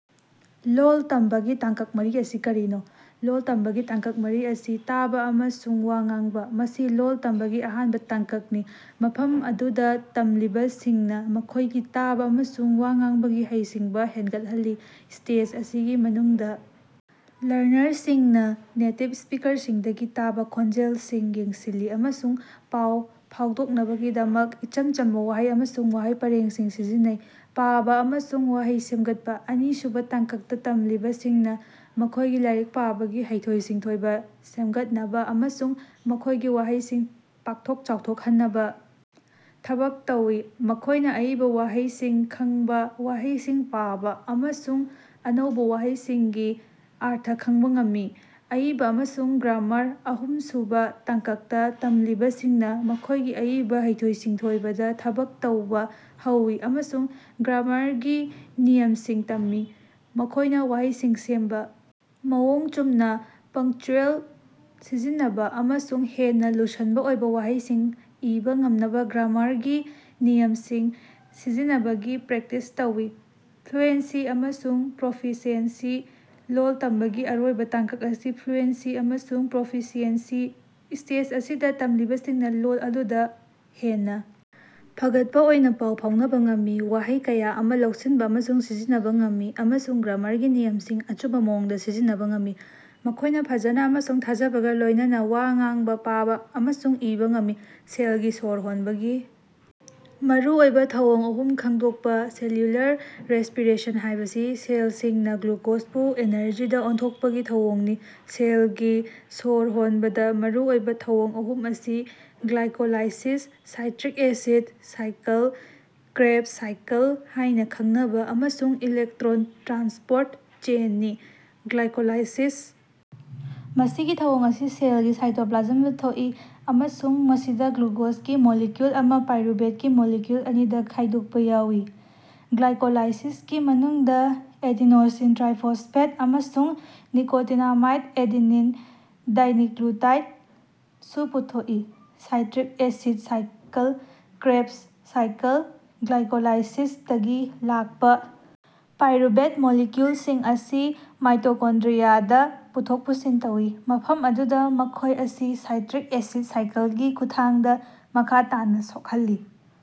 ꯂꯣꯜ ꯇꯝꯕꯒꯤ ꯇꯥꯡꯀꯛ ꯃꯔꯤ ꯑꯁꯤ ꯀꯔꯤꯅꯣ? ꯂꯣꯜ ꯇꯝꯕꯒꯤ ꯇꯥꯡꯀꯛ ꯃꯔꯤ ꯑꯁꯤ: ꯇꯥꯕ ꯑꯃꯁꯨꯡ ꯋꯥ ꯉꯥꯡꯕ: ꯃꯁꯤ ꯂꯣꯜ ꯇꯝꯕꯒꯤ ꯑꯍꯥꯟꯕ ꯇꯥꯡꯀꯛꯅꯤ ꯃꯐꯝ ꯑꯗꯨꯗ ꯇꯝꯂꯤꯕꯁꯤꯡꯅ ꯃꯈꯣꯢꯒꯤ ꯇꯥꯕ ꯑꯃꯁꯨꯡ ꯋꯥ ꯉꯥꯡꯕꯒꯤ ꯍꯩꯁꯤꯡꯕ ꯍꯦꯟꯒꯠꯍꯜꯂꯤ꯫ ꯁ꯭ꯇꯦꯖ ꯑꯁꯤꯒꯤ ꯃꯅꯨꯡꯗ ꯂꯔꯅꯔꯁꯤꯡꯅ ꯅꯦꯇꯤꯚ ꯁ꯭ꯄꯤꯀꯔꯁꯤꯡꯗꯒꯤ ꯇꯥꯕꯥ ꯈꯣꯟꯖꯦꯜꯁꯤꯡ ꯌꯦꯡꯁꯤꯜꯂꯤ ꯑꯃꯁꯨꯡ ꯄꯥꯎ ꯐꯥꯎꯗꯣꯛꯅꯕꯒꯤꯗꯃꯛ ꯏꯆꯝ ꯆꯝꯕ ꯋꯥꯍꯩ ꯑꯃꯁꯨꯡ ꯋꯥꯍꯩ ꯄꯔꯦꯡꯁꯤꯡ ꯁꯤꯖꯤꯟꯅꯩ꯫ ꯄꯥꯕꯥ ꯑꯃꯁꯨꯡ ꯋꯥꯍꯩ ꯁꯦꯝꯒꯠꯄ: ꯑꯅꯤꯁꯨꯕ ꯇꯥꯡꯀꯛꯇ ꯇꯝꯂꯤꯕꯁꯤꯡꯅ ꯃꯈꯣꯢꯒꯤ ꯂꯥꯏꯔꯤꯛ ꯄꯥꯕꯒꯤ ꯍꯩꯊꯣꯏ-ꯁꯤꯡꯊꯣꯏꯕ ꯁꯦꯝꯒꯠꯅꯕ ꯑꯃꯁꯨꯡ ꯃꯈꯣꯢꯒꯤ ꯋꯥꯍꯩꯁꯤꯡ ꯄꯥꯛꯊꯣꯛ ꯆꯥꯎꯊꯣꯛꯍꯟꯅꯕ ꯊꯕꯛ ꯇꯧꯏ꯫ ꯃꯈꯣꯢꯅ ꯑꯏꯕ ꯋꯥꯍꯩꯁꯤꯡ ꯈꯡꯕ ꯋꯥꯍꯩꯁꯤꯡ ꯄꯥꯕ ꯑꯃꯁꯨꯡ ꯑꯅꯧꯕ ꯋꯥꯍꯩꯁꯤꯡꯒꯤ ꯑꯔꯊ ꯈꯡꯕ ꯇꯝꯃꯤ꯫ ꯑꯏꯕ ꯑꯃꯁꯨꯡ ꯒ꯭ꯔꯥꯃꯥꯔ: ꯑꯍꯨꯝꯁꯨꯕ ꯇꯥꯡꯀꯛꯇ ꯇꯝꯂꯤꯕꯁꯤꯡꯅ ꯃꯈꯣꯢꯒꯤ ꯑꯏꯕ ꯍꯩꯊꯣꯏ-ꯁꯤꯡꯊꯣꯏꯕꯗ ꯊꯕꯛ ꯇꯧꯕ ꯍꯧꯏ ꯑꯃꯁꯨꯡ ꯒ꯭ꯔꯥꯃꯥꯔꯒꯤ ꯅꯤꯌꯝꯁꯤꯡ ꯇꯝꯃꯤ꯫ ꯃꯈꯣꯢꯅ ꯋꯥꯍꯩꯁꯤꯡ ꯁꯦꯝꯕ ꯃꯑꯣꯡ ꯆꯨꯝꯅ ꯄꯡꯆ꯭ꯌꯨꯑꯦꯜ ꯁꯤꯖꯤꯟꯅꯕ ꯑꯃꯁꯨꯡ ꯍꯦꯟꯅ ꯂꯨꯁꯟꯕ ꯑꯣꯏꯕ ꯋꯥꯍꯩꯁꯤꯡ ꯏꯕ ꯉꯝꯅꯕ ꯒ꯭ꯔꯥꯃꯥꯔꯒꯤ ꯅꯤꯌꯝꯁꯤꯡ ꯁꯤꯖꯤꯟꯅꯕꯒꯤ ꯄ꯭ꯔꯦꯛꯇꯤꯁ ꯇꯧꯏ꯫ ꯐ꯭ꯂꯨꯑꯦꯟꯁꯤ ꯑꯃꯁꯨꯡ ꯄ꯭ꯔꯣꯐꯤꯁꯤꯑꯦꯟꯁꯤ: ꯂꯣꯜ ꯇꯝꯕꯒꯤ ꯑꯔꯣꯏꯕ ꯇꯥꯡꯀꯛ ꯑꯁꯤ ꯐ꯭ꯂꯨꯑꯦꯟꯁꯤ ꯑꯃꯁꯨꯡ ꯄ꯭ꯔꯣꯐꯤꯁꯤꯌꯦꯟꯁꯤꯅꯤ꯫ ꯁ꯭ꯇꯦꯖ ꯑꯁꯤꯗ ꯇꯝꯂꯤꯕꯁꯤꯡꯅ ꯂꯣꯜ ꯑꯗꯨꯗ ꯍꯦꯟꯅ ꯐꯒꯠꯄ ꯑꯣꯏꯅ ꯄꯥꯎ ꯐꯥꯎꯅꯕ ꯉꯝꯃꯤ ꯋꯥꯍꯩ ꯀꯌꯥ ꯑꯃ ꯂꯧꯁꯤꯟꯕ ꯑꯃꯁꯨꯡ ꯁꯤꯖꯤꯟꯅꯕ ꯉꯝꯃꯤ ꯑꯃꯁꯨꯡ ꯒ꯭ꯔꯥꯃꯥꯔꯒꯤ ꯅꯤꯌꯝꯁꯤꯡ ꯑꯆꯨꯝꯕ ꯃꯑꯣꯡꯗ ꯁꯤꯖꯤꯟꯅꯕ ꯉꯝꯃꯤ꯫ ꯃꯈꯣꯢꯅ ꯐꯖꯅ ꯑꯃꯁꯨꯡ ꯊꯥꯖꯕꯒ ꯂꯣꯢꯅꯅꯥ ꯋꯥ ꯉꯥꯡꯕ ꯄꯥꯕꯥ ꯑꯃꯁꯨꯡ ꯏꯕꯥ ꯉꯝꯃꯤ꯫ ꯁꯦꯜꯒꯤ ꯁꯣꯔ ꯍꯣꯟꯕꯒꯤ ꯃꯔꯨꯑꯣꯏꯕ ꯊꯧꯑꯣꯡ ꯑꯍꯨꯝ ꯈꯪꯗꯣꯛꯄ꯫ ꯁꯦꯂ꯭ꯌꯨꯂꯔ ꯔꯦꯁꯄꯤꯔꯦꯁꯟ ꯍꯥꯢꯕꯁꯤ ꯁꯦꯜꯁꯤꯡꯅ ꯒ꯭ꯂꯨꯀꯣꯖꯕꯨ ꯑꯦꯅꯔꯖꯤꯗꯥ ꯑꯣꯟꯊꯣꯛꯄꯒꯤ ꯊꯧꯑꯣꯡꯅꯤ꯫ ꯁꯦꯜꯒꯤ ꯁꯣꯔ ꯍꯣꯟꯕꯗ ꯃꯔꯨ ꯑꯣꯏꯕ ꯊꯧꯑꯣꯡ ꯑꯍꯨꯝ ꯑꯁꯤ glycolysis, citric acid cycle Krebs cycle ꯍꯥꯢꯅꯥ ꯈꯡꯅꯕꯥ ꯑꯃꯁꯨꯡ ꯏꯂꯦꯛꯇ꯭ꯔꯣꯟ ꯇ꯭ꯔꯥꯟꯁꯄꯣꯔꯠ ꯆꯦꯟꯅꯤ꯫ ꯒ꯭ꯂꯥꯏꯀꯣꯂꯥꯏꯁꯤꯁ: ꯃꯁꯤꯒꯤ ꯊꯧꯑꯣꯡ ꯑꯁꯤ ꯁꯦꯜꯒꯤ ꯁꯥꯏꯇꯣꯄ꯭ꯂꯥꯖꯝꯗ ꯊꯣꯛꯏ ꯑꯃꯁꯨꯡ ꯃꯁꯤꯗ ꯒ꯭ꯂꯨꯀꯣꯖꯒꯤ ꯃꯣꯂꯤꯀ꯭ꯌꯨꯜ ꯑꯃ ꯄꯥꯏꯔꯨꯕꯦꯠꯀꯤ ꯃꯣꯂꯤꯀ꯭ꯌꯨꯜ ꯑꯅꯤꯗ ꯈꯥꯢꯗꯣꯛꯄ ꯌꯥꯎꯏ꯫ ꯒ꯭ꯂꯥꯏꯀꯣꯂꯥꯏꯁꯤꯁꯀꯤ ꯃꯅꯨꯡꯗ ꯑꯦꯗꯤꯅꯣꯁꯤꯟ ꯇ꯭ꯔꯥꯏꯐꯣꯁꯐꯦꯠ ꯑꯃꯁꯨꯡ ꯅꯤꯀꯣꯇꯤꯅꯥꯃꯥꯏꯠ ꯑꯦꯗꯤꯅꯤꯟ ꯗꯥꯏꯅꯤꯀ꯭ꯂꯨꯇꯥꯏꯠ ꯁꯨ ꯄꯨꯊꯣꯛꯏ꯫ Citric acid cycle Krebs cycle: ꯒ꯭ꯂꯥꯏꯀꯣꯂꯥꯏꯁꯤꯁꯇꯒꯤ ꯂꯥꯛꯄꯥ ꯄꯥꯏꯔꯨꯕꯦꯠ ꯃꯣꯂꯤꯀ꯭ꯌꯨꯜꯁꯤꯡ ꯑꯁꯤ ꯃꯥꯏꯇꯣꯀꯣꯟꯗ꯭ꯔꯤꯌꯥꯗ ꯄꯨꯊꯣꯛ ꯄꯨꯁꯤꯟ ꯇꯧꯏ, ꯃꯐꯝ ꯑꯗꯨꯗꯥ ꯃꯈꯣꯢ ꯑꯁꯤ ꯁꯥꯏꯇ꯭ꯔꯤꯛ ꯑꯦꯁꯤꯗ ꯁꯥꯏꯀꯜꯒꯤ ꯈꯨꯠꯊꯥꯡꯗꯥ ꯃꯈꯥ ꯇꯥꯅꯥ ꯁꯣꯛꯍꯜꯂꯤ꯫